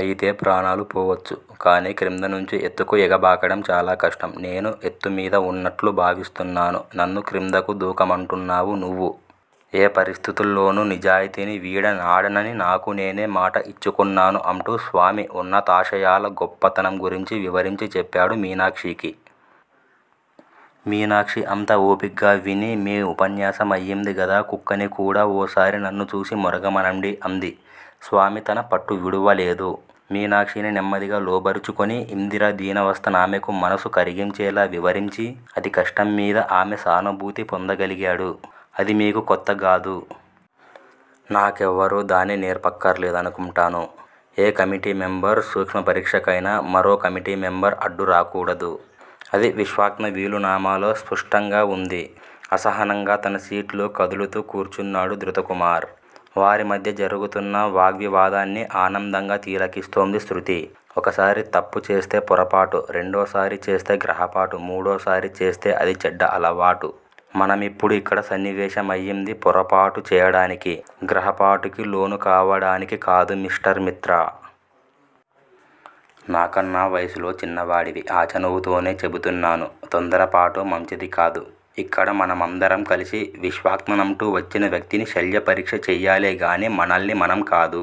అయితే ప్రాణాలు పోవచ్చు. కాని క్రింద నుంచి ఎత్తుకు ఎగబాకడం చాలా కష్టం. నేను ఎత్తుమీద ఉన్నట్లు భావిస్తున్నాను. నన్ను క్రిందకు దూకమంటున్నావు నువ్వు. ఏ పరిస్థితుల్లోనూ నిజాయితీని వీడనాడనని నాకు నేనే మాట ఇచ్చుకున్నాను అంటూ స్వామి ఉన్నతాశయాల గొప్పతనం గురించి వివరించి చెప్పాడు మీనాక్షీకి. మీనాక్షి అంతా ఓపిగ్గా విని- మీ ఉపన్యాసమయింది గదా-కుక్కని కూడా ఓసారి నన్ను చూసి మొరగమనండి అంది. స్వామి తన పట్టు విడువలేదు. మీనాక్షిని నెమ్మదిగా లోబరచుకొని ఇందిర దీనావస్థ నామెకు మనసు కరిగించేలా వివరించి, అతికష్టం మీద ఆమె సానుభూతి పొందగలిగాడు. అది మీకు కొత్తకాదు. నాకెవ్వరూ దాన్ని నేర్పక్కర్లేదను కుంటాను. ఏ కమిటీ మెంబర్ సూక్ష్మ పరీక్షకయినా మరో కమిటీ మెంబర్ అడ్డు రాకూడదు. అది విశ్వాత్మ వీలునామాలో స్రుష్టంగా వుంది అసహనంగా తన సీట్లో కదులుతూ కూర్చున్నాడు ధృతకుమార్. వారిమధ్య జరుగుతున్న వాగ్వివాదాన్ని ఆనందంగా తీలకిస్తోంది శృతి. ఒకసారి తప్పుచేస్తే పొరపాటు- రెండోసారి చేస్తే గ్రహపాటు- మూడోసారి చేస్తే అది చెడ్డ అలవాటు మనమిప్పుడు ఇక్కడ సన్నివేశమయ్యింది పొరపాటు చేయడానికి, గ్రహపాటుకి లోనుకావడానికి కాదు మిస్టర్ మిత్రా. నాకన్నా వయస్సులో చిన్నవాడివి- ఆ చనువుతోనే చెబుతున్నాను. తొందరపాటు మంచిది కాదు. ఇక్కడ మనమందరం కలిసి విశ్వాత్మనంటూ వచ్చిన వ్యక్తిని శల్యపరీక్ష చేయాలేగాని మనల్ని మనంకాదు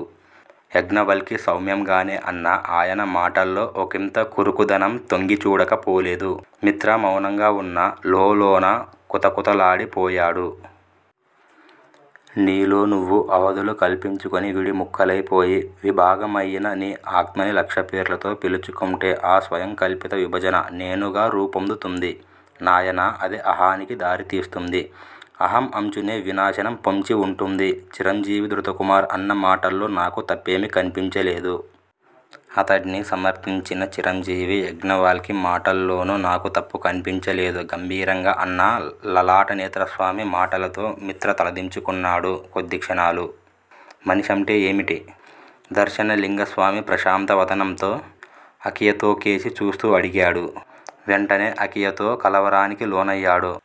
యజ్ఞవల్కి సౌమ్యంగానే అన్నా, ఆయన మాటల్లో ఒకింత కురుకుదనం తొంగిచూడక పోలేదు. మిత్రా మౌనంగా వున్నా, లోలోన కుతకుతలాడిపోయాడు. నీలో నువ్వు అవధులు కల్పించుకుని, విడి ముక్కలై పోయి, విభాగమయిన నీ ఆత్మని లక్షపేర్లతో పిలుచుకుంటే ఆ స్వయంకల్పిత విభజన 'నేను'గా రూపొందుతుంది నాయనా అదే అహానికి దారితీస్తుంది. అహం అంచునే వినాశనం పొంచి వుంటుంది. చిరంజీవి ధృతకుమార్ అన్న మాటల్లో నాకు తప్పేమీ కన్పించలేదు. అతడ్ని సమర్ధించిన చిరంజీవి యజ్ఞవల్కి మాటల్లోనూ నాకు తప్పు కన్పించలేదు గంభీరంగా అన్న లలాటనేత్రస్వామి మాటలతో మిత్ర తలదించుకున్నాడు కొద్దిక్షణాలు. మనిషంటే ఏమిటి? దర్శనలింగస్వామి ప్రశాంత వదనంతో అకియతోకేసి చూస్తూ అడిగాడు. వెంటనే అకియతో కలవరానికి లోనయ్యాడు-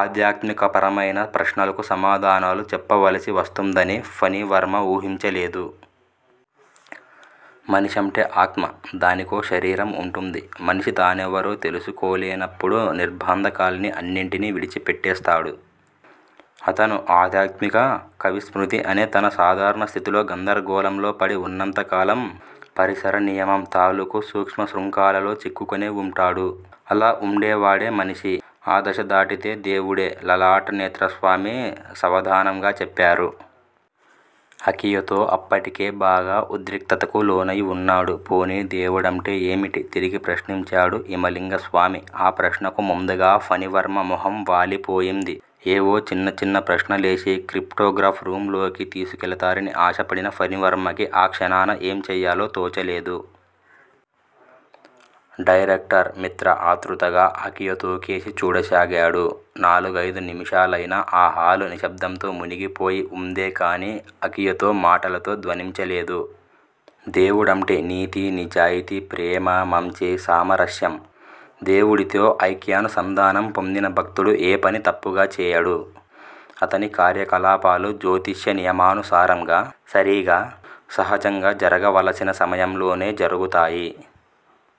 ఆధ్యాత్మికపరమైన ప్రశ్నలకు సమాధానాలు చెప్పవలసి వస్తుందని ఫణివర్మ వూహించలేదు. మనిషంటే ఆత్మ. దానికో శరీరం వుంటుంది. మనిషి తానెవరో తెలుసుకోలేనప్పుడు నిర్భంధకాల్ని అన్నిటినీ విడిచిపెట్టేస్తాడు. అతను ఆధాత్మిక కవిస్మృతి అనే తన సాధారణ స్థితిలో గందరగోళంలో పడి వున్నంత కాలం పరిసర నియమం తాలూకు సూక్ష్మ శృంఖాలాలో చిక్కుకొనే వుంటాడు. అలా వుండేవాడే మనిషి- ఆ దశ దాటితే దేవుడే లలాటనేత్రస్వామి సవధానంగా చెప్పారు. అకియోతో అప్పటికే బాగా ఉద్రిక్తతకు లోనయి వున్నాడు. పోనీ దేవుడంటే ఏమిటి? తిరిగి ప్రశ్నించాడు హిమలింగస్వామి. ఆ ప్రశ్నకు ముందుగా ఫణివర్మ మొహం వాలిపోయింది. ఏవో చిన్న చిన్న ప్రశ్నలేసి, క్రిప్టోగ్రాఫ్ రూమ్ లోకి తీసుకెళతారని ఆశపడిన ఫణివర్మకి ఆ క్షణాన ఏం చెయ్యాలో తోచలేదు. డైరెక్టర్ మిత్రా ఆత్రుతగా అకియోతోకేసి చూడసాగాడు. నాలుగైదు నిమిషాలయినా ఆ హాలు నిశ్శబ్దంతో మునిగిపోయి వుందేకాని, అకియోతో మాటలతో ధ్వనించలేదు. దేవుడంటే నీతి-నిజాయితీ-ప్రేమ-మంచి-సామరస్యం. దేవుడితో ఐక్యానుసంధానం పొందిన భక్తుడు ఏ పనీ తప్పుగా చేయడు. అతని కార్యకలాపాలు జ్యోతిష్య నియమానుసారంగా, సరీగా, సహజంగా జరగవలసిన సమయంలోనే జరుగుతాయి.